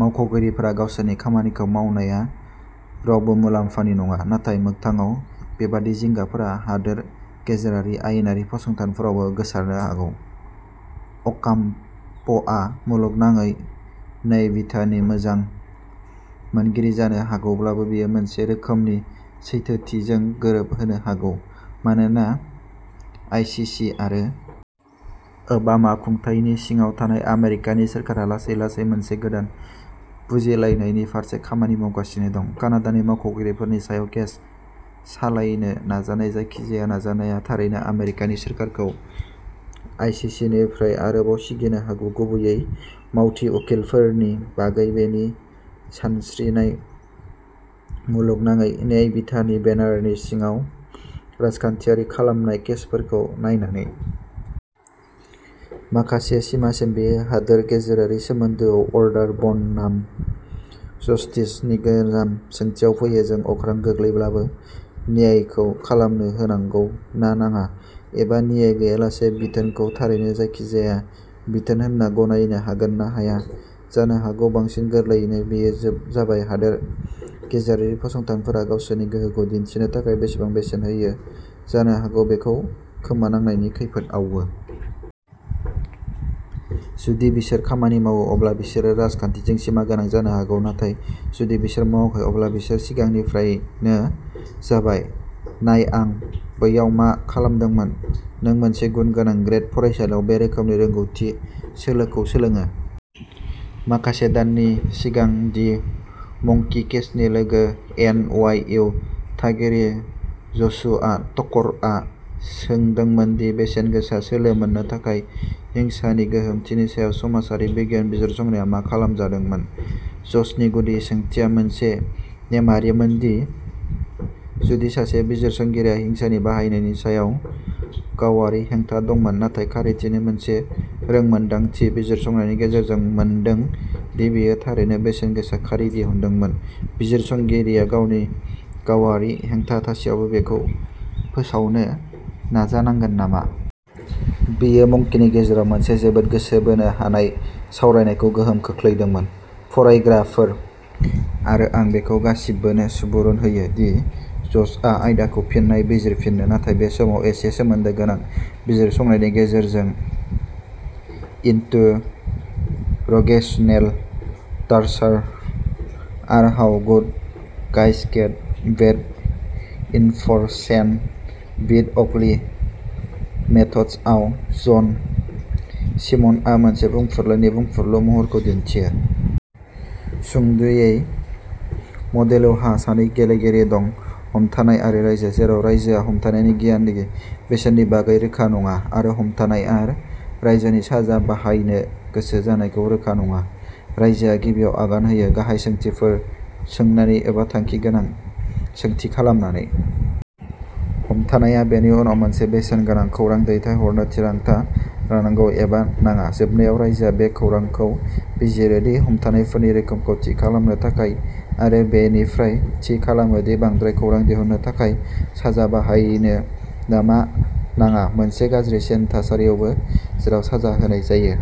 मावख'गिरिफोरा गावसोरनि खामानिखौ मावनाया रावबो मुलाम्फानि नङा। नाथाय मोगथाङाव, बेबादि जिंगाफोरा हादोर गेजेरारि आयेनारि फसंथानफोरावबो गोसारनो हागौ। अकाम्प'आ मुलुगनाङै न्यायबिधाननि मोजां मोनगिरि जानो हागौब्लाबो, बेयो मोनसे रोखोमनि सैथोथिजों गोरोबहोनो हागौ। मानोना आईसीसी आरो ओबामा खुंथायनि सिङाव थानाय आमेरिकानि सोरखारा लासै-लासै मोनसे गोदान बुजिलायनायनि फारसे खामानि मावगासिनो दं, कानाडानि मावख'गिरिफोरनि सायाव केस सालायनो नाजानाय जायखिजाया नाजानाया थारैनो आमेरिकानि सोरखारखौ आईसीसीनिफ्राय आरोबाव सिगिनो हागौ-गुबैयै "मावथि" उखिलफोरनि बागै बेनि सानस्रिनाय, मुलुगनाङै न्यायबिधाननि बेनारनि सिङाव राजखान्थियारि खालामनाय केसफोरखौ नायनानै। माखासे सिमासिम बेयो हादोर गेजेरारि सोमोन्दोआव "अर्डार बनाम जस्टिस" नि गोजाम सोंथियाव फैयो-जों अख्रां गोग्लैब्लाबो न्यायखौ खालामनो होनांगौ ना नाङा, एबा न्याय गैयालासे बिथोनखौ थारैनो जायखिजाया बिथोन होनना गनायनो हागोन ना हाया। जानो हागौ बांसिन गोरलैयैनो, बेयो जोब जाबाय हादोर गेजेरारि फसंथानफोरा गावसोरनि गोहोखौ दिन्थिनो थाखाय बेसेबां बेसेन होयो-जानो हागौ बेखौ खोमानांनायनि खैफोदआवबो। जुदि बिसोर खामानि मावो, अब्ला बिसोरो राजखान्थिजों सिमागोनां जानो हागौ; नाथाय जुदि बिसोर मावाखै, अब्ला बिसोर सिगांनिफ्रायनो जाबाय। नाय आं बैयाव मा खालामदोंमोन? नों मोनसे गुनगोनां ग्रेद फरायसालियाव बे रोखोमनि रोंग'थि सोलोखौ सोलोङो। माखासे दाननि सिगां दि मंकी केजनि लोगो एन. वाइ. इउ. थागिरि जसुआ टकरआ सोंदोंमोन दि बेसेनगोसा सोलो मोननो थाखाय हिंसानि गोहोमथिनि सायाव समाजारि बिगियान बिजिरसंनाया मा खालामजादोंमोन? ज'सनि गुदि सोंथिया मोनसे नेमआरिमोन, दि जुदि सासे बिजिरसंगिरिआ हिंसानि बाहायनायनि सायाव गावारि हेंथा दंमोन, नाथाय खारिथिनि मोनसे रोंमोनदांथि बिजिरसंनायनि गेजेरजों मोनदों दि बेयो थारैनो बेसेनगोसा खारि दिहुनदोंमोन, बिजिरसंगिरिआ गावनि गावारि हेंथा थासेयावबो बेखौ फोसावनो नाजानांगोन नामा? बेयो मंकीनि गेजेराव मोनसे जोबोद गोसो बोनो हानाय सावरायनायखौ गोहोम खोख्लैदोंमोन। फरायग्राफोर, आरो आं बेखौ गासिबोनो सुबुरुन होयो। दि, ज'शआ आयदाखौ फिन नायबिजिरफिनो, नाथाय बे समाव एसे सोमोन्दो गोनां बिजिरसंनायनि गेजेरजों। "Interrogational torture or how good guys get bad information with ugly methods" आव, जन शिमनआ मोनसे बुंफुरलुनि बुंफुरलु महरखौ दिन्थियो। सुंद'यै, मडेलहा सानै गेलेगिरिफोर दं, हमथानाय आरो रायजो, जेराव रायजोआ हमथानायनि गियाननि बेसेननि बागै रोखा नङा आरो हमथानायआ रायजोनि साजा बाहायनो गोसो जानायखौ रोखा नङा। रायजोआ गिबियाव आगान होयो, गाहाय सोंथिफोर सोंनानै एबा थांखि गोनां सोंथि खालामनानै। हमथानायआ बेनि उनाव मोनसे बेसेनगोनां खौरां दैथायहरनो थिरांथा लानांगौ, एबा नाङा। जोबनायाव, रायजोआ बे खौरांखौ बिजिरो दि हमथानायफोरनि रोखोमखौ थि खालामनो थाखाय, आरो बेनिफ्राय थि खालामो दि बांद्राय खौरां दिहुननो थाखाय साजा बाहायनो नामा नाङा।... मोनसे गाज्रिसिन थासारियावबो जेराव साजा होनाय जायो।